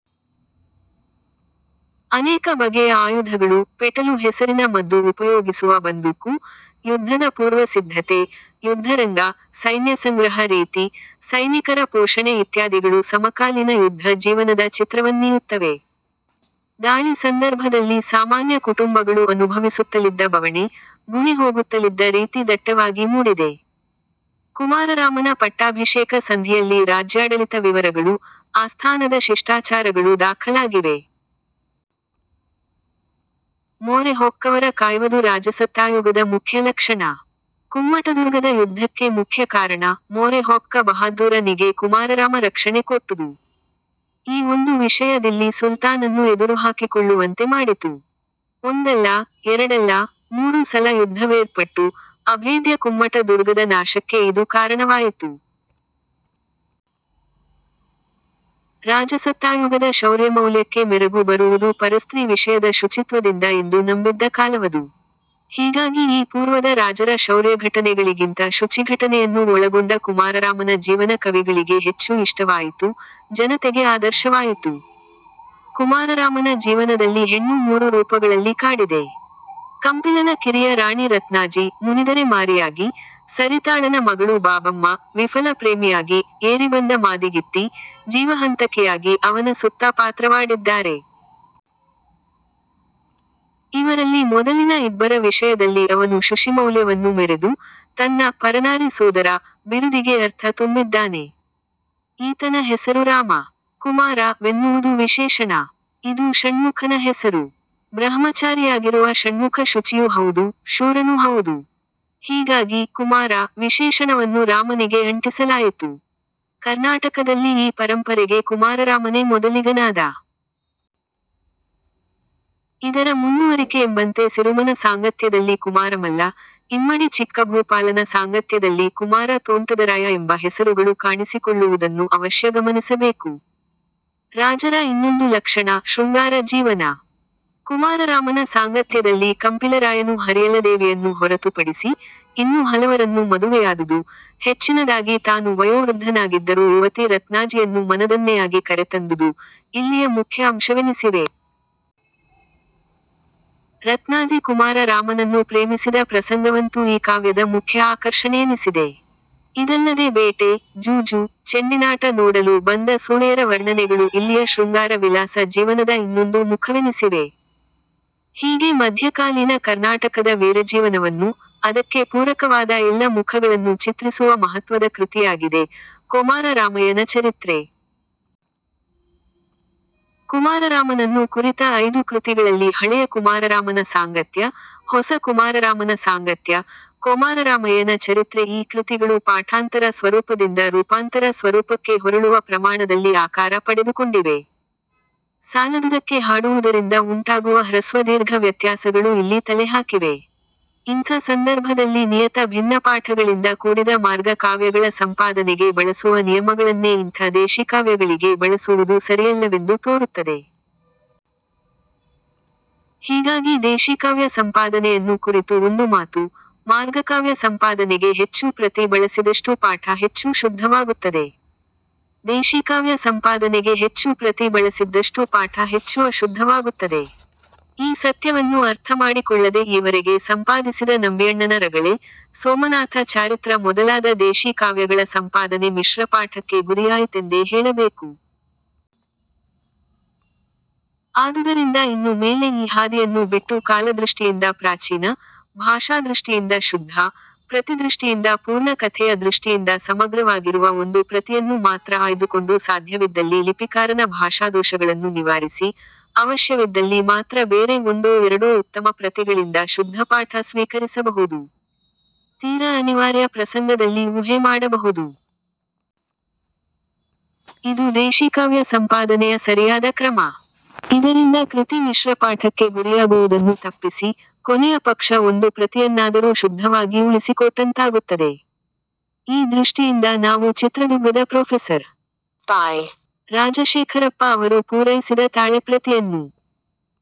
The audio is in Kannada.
ಅನೇಕ ಬಗೆಯ ಆಯುಧಗಳು, ಪೆಟಲು ಹೆಸರಿನ ಮದ್ದು ಉಪಯೋಗಿಸುವ ಬಂದೂಕು, ಯುದ್ಧದ ಪೂರ್ವಸಿದ್ಧತೆ, ಯುದ್ಧರಂಗ, ಸೈನ್ಯಸಂಗ್ರಹ ರೀತಿ, ಸೈನಿಕರ ಪೋಷಣೆ ಇತ್ಯಾದಿಗಳು ಸಮಕಾಲೀನ ಯುದ್ಧ ಜೀವನದ ಚಿತ್ರವನ್ನೀಯುತ್ತವೆ. ದಾಳಿ ಸಂದರ್ಭದಲ್ಲಿ ಸಾಮಾನ್ಯ ಕುಟುಂಬಗಳು ಅನುಭವಿಸುತ್ತಲಿದ್ದ ಬವಣೆ, ಗುಣೆ ಹೋಗುತ್ತಲಿದ್ದ ರೀತಿ ದಟ್ಟವಾಗಿ ಮೂಡಿದೆ. ಕುಮಾರರಾಮನ ಪಟ್ಟಾಭಿಷೇಕ ಸಂಧಿಯಲ್ಲಿ ರಾಜ್ಯಾಡಳಿತ ವಿವರಗಳು, ಆಸ್ಥಾನದ ಶಿಷ್ಟಾಚಾರಗಳು ದಾಖಲಾಗಿವೆ. ಮೊರೆ ಹೊಕ್ಕವರ ಕಾಯ್ವದು ರಾಜಸತ್ತಾಯುಗದ ಮುಖ್ಯ ಲಕ್ಷಣ. ಕುಮ್ಮಟದುರ್ಗದ ಯುದ್ಧಕ್ಕೆ ಮುಖ್ಯ ಕಾರಣ, ಮೊರೆ ಹೊಕ್ಕ ಬಹಾದ್ದೂರ ನಿಗೆ ಕುಮಾರರಾಮ ರಕ್ಷಣೆ ಕೊಟ್ಟುದು. ಈ ಒಂದು ವಿಷಯ ದಿಲ್ಲಿ ಸುಲ್ತಾನನ್ನು ಎದುರುಹಾಕಿಕೊಳ್ಳುವಂತೆ ಮಾಡಿತು. ಒಂದಲ್ಲ, ಎರಡಲ್ಲ, ಮೂರು ಸಲ ಯುದ್ಧವೇರ್ಪಟ್ಟು, ಅಭೇದ್ಯ ಕುಮ್ಮಟ ದುರ್ಗದ ನಾಶಕ್ಕೆ ಇದು ಕಾರಣವಾಯಿತು. ರಾಜಸತ್ತಾಯುಗದ ಶೌರ್ಯಮೌಲ್ಯಕ್ಕೆ ಮೆರಗು ಬರುವುದು ಪರಸ್ತ್ರೀ ವಿಷಯದ ಶುಚಿತ್ವದಿಂದ- ಎಂದು ನಂಬಿದ್ದ ಕಾಲವದು. ಹೀಗಾಗಿ ಈ ಪೂರ್ವದ ರಾಜರ ಶೌರ್ಯಘಟನೆಗಳಿಗಿಂತ ಶುಚಿಘಟನೆಯನ್ನೂ ಒಳಗೊಂಡ ಕುಮಾರರಾಮನ ಜೀವನ ಕವಿಗಳಿಗೆ ಹೆಚ್ಚು ಇಷ್ಟವಾಯಿತು, ಜನತೆಗೆ ಆದರ್ಶವಾಯಿತು. ಕುಮಾರರಾಮನ ಜೀವನದಲ್ಲಿ ಹೆಣ್ಣು ಮೂರು ರೂಪಗಳಲ್ಲಿ ಕಾಡಿದೆ. ಕಂಪಿಲನ ಕಿರಿಯ ರಾಣಿ ರತ್ನಾಜಿ 'ಮುನಿದರೆ ಮಾರಿಯಾಗಿ', ಸರಿತಾಳನ ಮಗಳು ಬಾಬಮ್ಮ 'ವಿಫಲ ಪ್ರೇಮಿಯಾಗಿ', ಏರಿಬಂದ ಮಾದಿಗಿತ್ತಿ 'ಜೀವಹಂತಕಿಯಾಗಿ' ಅವನ ಸುತ್ತ ಪಾತ್ರವಾಡಿದ್ದಾರೆ. ಇವರಲ್ಲಿ ಮೊದಲಿನ ಇಬ್ಬರ ವಿಷಯದಲ್ಲಿ ಅವನು ಶುಷಿಮೌಲ್ಯವನ್ನು ಮೆರೆದು, ತನ್ನ 'ಪರನಾರಿ ಸೋದರ' ಬಿರುದಿಗೆ ಅರ್ಥ ತುಂಬಿದ್ದಾನೆ. ಈತನ ಹೆಸರು ರಾಮ. 'ಕುಮಾರ'ವೆನ್ನುವುದು ವಿಶೇಷಣ. ಇದು ಷಣ್ಮುಖನ ಹೆಸರು. ಬ್ರಹ್ಮಚಾರಿಯಾಗಿರುವ ಷಣ್ಮುಖ ಶುಚಿಯೂ ಹೌದು, ಶೂರನೂ ಹೌದು. ಹೀಗಾಗಿ 'ಕುಮಾರ' ವಿಶೇಷಣವನ್ನು ರಾಮನಿಗೆ ಅಂಟಿಸಲಾಯಿತು. ಕರ್ನಾಟಕದಲ್ಲಿ ಈ ಪರಂಪರೆಗೆ ಕುಮಾರರಾಮನೇ ಮೊದಲಿಗನಾದ. ಇದರ ಮುಂದುವರಿಕೆಯೆಂಬಂತೆ ಸಿರುಮನ ಸಾಂಗತ್ಯದಲ್ಲಿ ಕುಮಾರಮಲ್ಲ, ಇಮ್ಮಡಿ ಚಿಕ್ಕಭೂಪಾಲನ ಸಾಂಗತ್ಯದಲ್ಲಿ ಕುಮಾರ ತೋಂಟದರಾಯ ಎಂಬ ಹೆಸರುಗಳು ಕಾಣಿಸಿಕೊಳ್ಳುವುದನ್ನು ಅವಶ್ಯ ಗಮನಿಸಬೇಕು. ರಾಜರ ಇನ್ನೊಂದು ಲಕ್ಷಣ 'ಶೃಂಗಾರ ಜೀವನ'. ಕುಮಾರರಾಮನ ಸಾಂಗತ್ಯದಲ್ಲಿ ಕಂಪಿಲರಾಯನು ಹರಿಯಲದೇವಿಯನ್ನು ಹೊರತುಪಡಿಸಿ, ಇನ್ನೂ ಹಲವರನ್ನು ಮದುವೆಯಾದುದು, ಹೆಚ್ಚಿನದಾಗಿ ತಾನು ವಯೋವೃದ್ಧನಾಗಿದ್ದರೂ ಯುವತಿ ರತ್ನಾಜಿಯನ್ನು ಮನದನ್ನೆಯಾಗಿ ಕರೆತಂದುದು, ಇಲ್ಲಿಯ ಮುಖ್ಯ ಅಂಶವೆನಿಸಿವೆ. ರತ್ನಾಝಿ ಕುಮಾರ ರಾಮನನ್ನು ಪ್ರೇಮಿಸಿದ ಪ್ರಸಂಗವಂತೂ ಈ ಕಾವ್ಯದ ಮುಖ್ಯ ಆಕರ್ಷಣೆಯೆನಿಸಿದೆ. ಇದಲ್ಲದೆ ಬೇಟೆ, ಜೂಜು, ಚೆಂಡಿನಾಟ ನೋಡಲು ಬಂದ ಸೂಳೆಯರ ವರ್ಣನೆಗಳು ಇಲ್ಲಿಯ ಶೃಂಗಾರ ವಿಲಾಸ ಜೀವನದ ಇನ್ನೊಂದು ಮುಖವೆನಿಸಿವೆ. ಹೀಗೆ ಮಧ್ಯಕಾಲೀನ ಕರ್ನಾಟಕದ ವೀರಜೀವನವನ್ನು, ಅದಕ್ಕೆ ಪೂರಕವಾದ ಎಲ್ಲ ಮುಖಗಳನ್ನು ಚಿತ್ರಿಸುವ ಮಹತ್ವದ ಕೃತಿಯಾಗಿದೆ, 'ಕೊಮಾರ ರಾಮಯ್ಯನ ಚರಿತ್ರೆ'. ಕುಮಾರರಾಮನನ್ನು ಕುರಿತ ಐದು ಕೃತಿಗಳಲ್ಲಿ ಹಳೆಯ ಕುಮಾರರಾಮನ ಸಾಂಗತ್ಯ, ಹೊಸ ಕುಮಾರರಾಮನ ಸಾಂಗತ್ಯ, ಕೊಮಾರರಾಮಯ್ಯನ ಚರಿತ್ರೆ- ಈ ಕೃತಿಗಳು ಪಾಠಾಂತರ ಸ್ವರೂಪದಿಂದ ರೂಪಾಂತರ ಸ್ವರೂಪಕ್ಕೆ ಹೊರಳುವ ಪ್ರಮಾಣದಲ್ಲಿ ಆಕಾರ ಪಡೆದುಕೊಂಡಿವೆ. ಸಾಲದುದಕ್ಕೆ ಹಾಡುವುದರಿಂದ ಉಂಟಾಗುವ ಹ್ರಸ್ವದೀರ್ಘ ವ್ಯತ್ಯಾಸಗಳೂ ಇಲ್ಲಿ ತಲೆಹಾಕಿವೆ. ಇಂಥ ಸಂದರ್ಭದಲ್ಲಿ ನಿಯತ ಭಿನ್ನಪಾಠಗಳಿಂದ ಕೂಡಿದ ಮಾರ್ಗ ಕಾವ್ಯಗಳ ಸಂಪಾದನೆಗೆ ಬಳಸುವ ನಿಯಮಗಳನ್ನೇ ಇಂಥ ದೇಶೀಕಾವ್ಯಗಳಿಗೆ ಬಳಸುವುದು ಸರಿಯಲ್ಲವೆಂದು ತೋರುತ್ತದೆ. ಹೀಗಾಗಿ ದೇಶೀಕಾವ್ಯ ಸಂಪಾದನೆಯನ್ನು ಕುರಿತು ಒಂದು ಮಾತು: ಮಾರ್ಗಕಾವ್ಯ ಸಂಪಾದನೆಗೆ ಹೆಚ್ಚು ಪ್ರತಿ ಬಳಸಿದಷ್ಟೂ ಪಾಠ ಹೆಚ್ಚು ಶುದ್ಧವಾಗುತ್ತದೆ. ದೇಶೀಕಾವ್ಯ ಸಂಪಾದನೆಗೆ ಹೆಚ್ಚು ಪ್ರತಿ ಬಳಸಿದ್ದಷ್ಟೂ ಪಾಠ ಹೆಚ್ಚು ಅಶುದ್ಧವಾಗುತ್ತದೆ. ಈ ಸತ್ಯವನ್ನು ಅರ್ಥಮಾಡಿಕೊಳ್ಳದೆ ಈವರೆಗೆ ಸಂಪಾದಿಸಿದ ನಂಬಿಯಣ್ಣನ ರಗಳೆ, ಸೋಮನಾಥ ಚಾರಿತ್ರ ಮೊದಲಾದ ದೇಶೀ ಕಾವ್ಯಗಳ ಸಂಪಾದನೆ ಮಿಶ್ರಪಾಠಕ್ಕೆ ಗುರಿಯಾಯಿತೆಂದೇ ಹೇಳಬೇಕು. ಆದುದರಿಂದ ಇನ್ನು ಮೇಲೆ ಈ ಹಾದಿಯನ್ನು ಬಿಟ್ಟು ಕಾಲದೃಷ್ಟಿಯಿಂದ ಪ್ರಾಚೀನ, ಭಾಷಾದೃಷ್ಟಿಯಿಂದ ಶುದ್ಧ, ಪ್ರತಿದೃಷ್ಟಿಯಿಂದ ಪೂರ್ಣ ಕಥೆಯ ದೃಷ್ಟಿಯಿಂದ ಸಮಗ್ರವಾಗಿರುವ ಒಂದು ಪ್ರತಿಯನ್ನು ಮಾತ್ರ ಆಯ್ದುಕೊಂಡು ಸಾಧ್ಯವಿದ್ದಲ್ಲಿ ಲಿಪಿಕಾರನ ಭಾಷಾದೋಷಗಳನ್ನು ನಿವಾರಿಸಿ, ಅವಶ್ಯವಿದ್ದಲ್ಲಿ ಮಾತ್ರ ಬೇರೆ ಒಂದೋ ಎರಡೋ ಉತ್ತಮ ಪ್ರತಿಗಳಿಂದ ಶುದ್ಧಪಾಠ ಸ್ವೀಕರಿಸಬಹುದು. ತೀರ ಅನಿವಾರ್ಯ ಪ್ರಸಂಗದಲ್ಲಿ ಊಹೆ ಮಾಡಬಹುದು. ಇದು ದೇಶೀಕಾವ್ಯ ಸಂಪಾದನೆಯ ಸರಿಯಾದ ಕ್ರಮ. ಇದರಿಂದ ಕೃತಿ ಮಿಶ್ರಪಾಠಕ್ಕೆ ಗುರಿಯಾಗುವುದನ್ನು ತಪ್ಪಿಸಿ, ಕೊನೆಯ ಪಕ್ಷ ಒಂದು ಪ್ರತಿಯನ್ನಾದರೂ ಶುದ್ಧವಾಗಿ ಉಳಿಸಿಕೊಟ್ಟಂತಾಗುತ್ತದೆ. ಈ ದೃಷ್ಟಿಯಿಂದ ನಾವು ಚಿತ್ರದುಗ್ಗದ ಪ್ರೊಫೆಸರ್. ಬಿ. ರಾಜಶೇಖರಪ್ಪ ಅವರು ಪೂರೈಸಿದ ತಾಳೆಪ್ರತಿಯನ್ನು